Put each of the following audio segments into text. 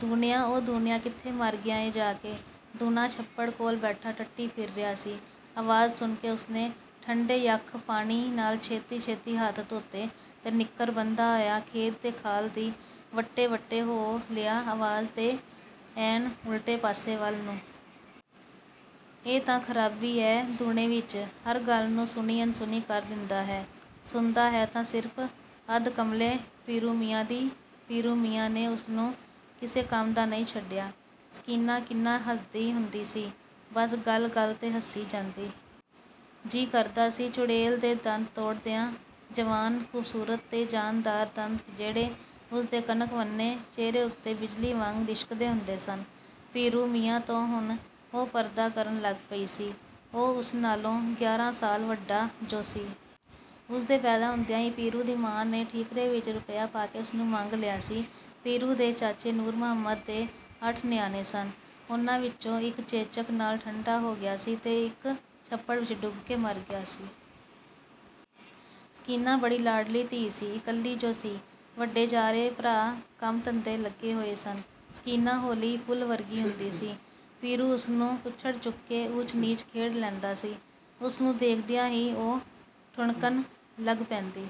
"ਦੂਣਿਆਂ, ਓ ਦੂਣਿਆਂ ਕਿੱਥੇ ਮਰ ਗਿਆ ਏਂ ਜਾ ਕੇ?" ਦੂਣਾ ਛੱਪੜ ਕੋਲ ਬੈਠਾ ਟੱਟੀ ਫਿਰ ਰਿਹਾ ਸੀ। ਆਵਾਜ਼ ਸੁਣ ਕੇ ਉਸਨੇ ਠੰਡੇ-ਯੱਖ ਪਾਣੀ ਨਾਲ ਛੇਤੀ-ਛੇਤੀ ਹੱਥ ਧੋਤੇ ਤੇ ਨਿੱਕਰ ਬੰਨ੍ਹਦਾ ਹੋਇਆ ਖੇਤ ਦੇ ਖਾਲ ਦੀ ਵੱਟੇ-ਵੱਟੇ ਹੋ ਲਿਆ ਆਵਾਜ਼ ਦੇ ਐਨ ਉਲਟੇ ਪਾਸੇ ਵੱਲ ਨੂੰ। ਇਹੀ ਤਾਂ ਖਰਾਬੀ ਹੈ ਦੂਣੇ ਵਿੱਚ, ਹਰ ਗੱਲ ਨੂੰ ਸੁਣੀ-ਅਣਸੁਣੀ ਕਰ ਦਿੰਦਾ ਹੈ। ਸੁਣਦਾ ਹੈ ਤਾਂ ਸਿਰਫ ਅੱਧ ਕਮਲੇ ਪੀਰੂ ਮੀਆਂ ਦੀ, ਪੀਰੂ ਮੀਆਂ ਨੇ ਉਸਨੂੰ ਕਿਸੇ ਕੰਮ ਦਾ ਨਹੀਂ ਛੱਡਿਆ। ਸਕੀਨਾ ਕਿੰਨਾ ਹੱਸਦੀ ਹੁੰਦੀ ਸੀ, ਬੱਸ ਗੱਲ-ਗੱਲ 'ਤੇ ਹੱਸੀ ਜਾਂਦੀ। ਜੀਅ ਕਰਦਾ ਸੀ, ਚੁੜੈਲ ਦੇ ਦੰਦ ਤੋੜ ਦਿਆਂ। ਜਵਾਨ, ਖੂਬਸੂਰਤ 'ਤੇ ਜਾਨਦਾਰ ਦੰਦ ਜਿਹੜੇ ਉਸਦੇ ਕਣਕ-ਵੰਨੇ ਚਿਹਰੇ ਉੱਤੇ ਬਿਜਲੀ ਵਾਂਗ ਲਿਸ਼ਕਦੇ ਹੁੰਦੇ ਸਨ। ਪੀਰੂ ਮੀਆਂ ਤੋਂ ਹੁਣ ਉਹ ਪਰਦਾ ਕਰਨ ਲੱਗ ਪਈ ਸੀ। ਉਹ ਉਸ ਨਾਲੋਂ ਗਿਆਰਾਂ ਸਾਲ ਵੱਡਾ ਜੋ ਸੀ। ਉਸਦੇ ਪੈਦਾ ਹੁੰਦਿਆਂ ਹੀ ਪੀਰੂ ਦੀ ਮਾਂ ਨੇ ਠੀਕਰੇ ਵਿੱਚ ਰੁਪਈਆ ਪਾ ਕੇ ਉਸਨੂੰ ਮੰਗ ਲਿਆ ਸੀ। ਪੀਰੂ ਦੇ ਚਾਚੇ ਨੂਰ ਮੁਹੰਮਦ ਦੇ ਅੱਠ ਨਿਆਣੇ ਸਨ। ਉਹਨਾਂ ਵਿੱਚੋਂ ਇੱਕ ਚੇਚਕ ਨਾਲ ਠੰਡਾ ਹੋ ਗਿਆ ਸੀ ਤੇ ਇੱਕ ਛੱਪੜ ਵਿੱਚ ਡੁੱਬ ਕੇ ਮਰ ਗਿਆ ਸੀ। ਸਕੀਨਾ ਬੜੀ ਲਾਡਲੀ ਧੀ ਸੀ, ਇਕੱਲੀ ਜੋ ਸੀ। ਵੱਡੇ ਚਾਰੇ ਭਰਾ ਕੰਮ-ਧੰਦੇ ਲੱਗੇ ਹੋਏ ਸਨ। ਸਕੀਨਾ ਹੌਲੀ ਫੁੱਲ ਵਰਗੀ ਹੁੰਦੀ ਸੀ। ਪੀਰੂ ਉਸਨੂੰ ਕੁੱਛੜ ਚੁੱਕ ਕੇ ਊਚ-ਨੀਚ ਖੇਡ ਲੈਂਦਾ ਸੀ। ਉਸਨੂੰ ਦੇਖਦਿਆਂ ਹੀ ਉਹ ਠੁਣਕਣ ਲੱਗ ਪੈਂਦੀ।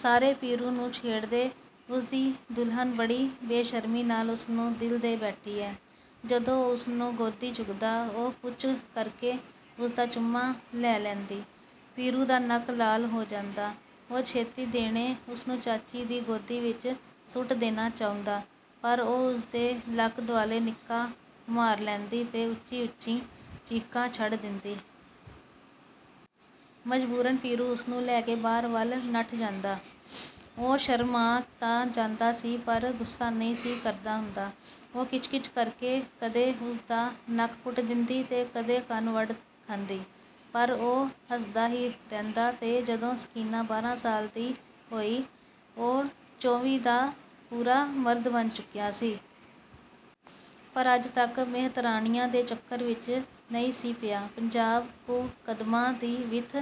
ਸਾਰੇ ਪੀਰੂ ਨੂੰ ਛੇੜਦੇ "ਉਸਦੀ ਦੁਲਹਨ ਬੜੀ ਬੇਸ਼ਰਮੀ ਨਾਲ ਉਸਨੂੰ ਦਿਲ ਦੇ ਬੈਠੀ ਹੈ।" ਜਦੋਂ ਉਹ ਉਸਨੂੰ ਗੋਦੀ ਚੁੱਕਦਾ ਉਹ 'ਪੁੱਚ' ਕਰਕੇ ਉਸਦਾ ਚੁੰਮਾ ਲੈ ਲੈਂਦੀ। ਪੀਰੂ ਦਾ ਨੱਕ ਲਾਲ ਹੋ ਜਾਂਦਾ, ਉਹ ਛੇਤੀ ਦੇਣੇ ਉਸਨੂੰ ਚਾਚੀ ਦੀ ਗੋਦੀ ਵਿੱਚ ਸੁੱਟ ਦੇਣਾ ਚਾਹੁੰਦਾ, ਪਰ ਉਹ ਉਸਦੇ ਲੱਕ ਦੁਆਲੇ ਨਿੱਕਾ ਮਾਰ ਲੈਂਦੀ ਤੇ ਉੱਚੀ-ਉੱਚੀ ਚੀਕਾਂ ਛੱਡ ਦਿੰਦੀ। ਮਜਬੂਰਨ ਪੀਰੂ ਉਸਨੂੰ ਲੈ ਕੇ ਬਾਹਰ ਵੱਲ ਨੱਠ ਜਾਂਦਾ। ਉਹ ਸ਼ਰਮਾਅ ਤਾਂ ਜਾਂਦਾ ਸੀ ਪਰ ਗੁੱਸਾ ਨਹੀਂ ਸੀ ਕਰਦਾ ਹੁੰਦਾ। ਉਹ ਕਿਚ-ਕਿਚ ਕਰਕੇ, ਕਦੇ, ਉਸਦਾ ਨੱਕ ਪੁੱਟ ਦਿੰਦੀ ਤੇ ਕਦੇ ਕੰਨ ਵੱਢ ਖਾਂਦੀ, ਪਰ ਉਹ ਹੱਸਦਾ ਹੀ ਰਹਿੰਦਾ ਤੇ ਜਦੋਂ ਸਕੀਨਾ ਬਾਰਾਂ ਸਾਲ ਦੀ ਹੋਈ, ਉਹ ਚੌਵੀ ਦਾ ਪੂਰਾ ਮਰਦ ਬਣ ਚੁੱਕਿਆ ਸੀ। ਪਰ ਅੱਜ ਤੱਕ ਮੇਹਤਰਾਨੀਆਂ ਦੇ ਚੱਕਰ ਵਿੱਚ ਨਹੀਂ ਸੀ ਪਿਆ। ਪੰਜਾਹ ਕੁ ਕਦਮਾਂ ਦੀ ਵਿੱਥ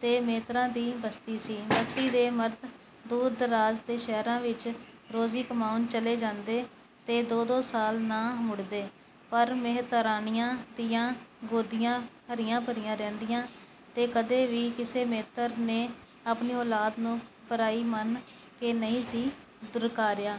'ਤੇ ਮੇਹਤਰਾਂ ਦੀ ਬਸਤੀ ਸੀ। ਬਸਤੀ ਦੇ ਮਰਦ ਦੂਰ-ਦਰਾਜ਼ ਦੇ ਸ਼ਹਿਰਾਂ ਵਿੱਚ ਰੋਜ਼ੀ ਕਮਾਉਣ ਚਲੇ ਜਾਂਦੇ ਤੇ ਦੋ-ਦੋ ਸਾਲ ਨਾ ਮੁੜਦੇ, ਪਰ ਮੇਹਤਰਾਨੀਆਂ ਦੀਆਂ ਗੋਦੀਆਂ ਹਰੀਆਂ-ਭਰੀਆਂ ਰਹਿੰਦੀਆਂ ਤੇ ਕਦੇ ਵੀ ਕਿਸੇ ਮੇਹਤਰ ਨੇ ਆਪਣੀ ਔਲਾਦ ਨੂੰ ਪਰਾਈ ਮੰਨ ਕੇ ਨਹੀਂ ਸੀ ਦੁਰਕਾਰਿਆ।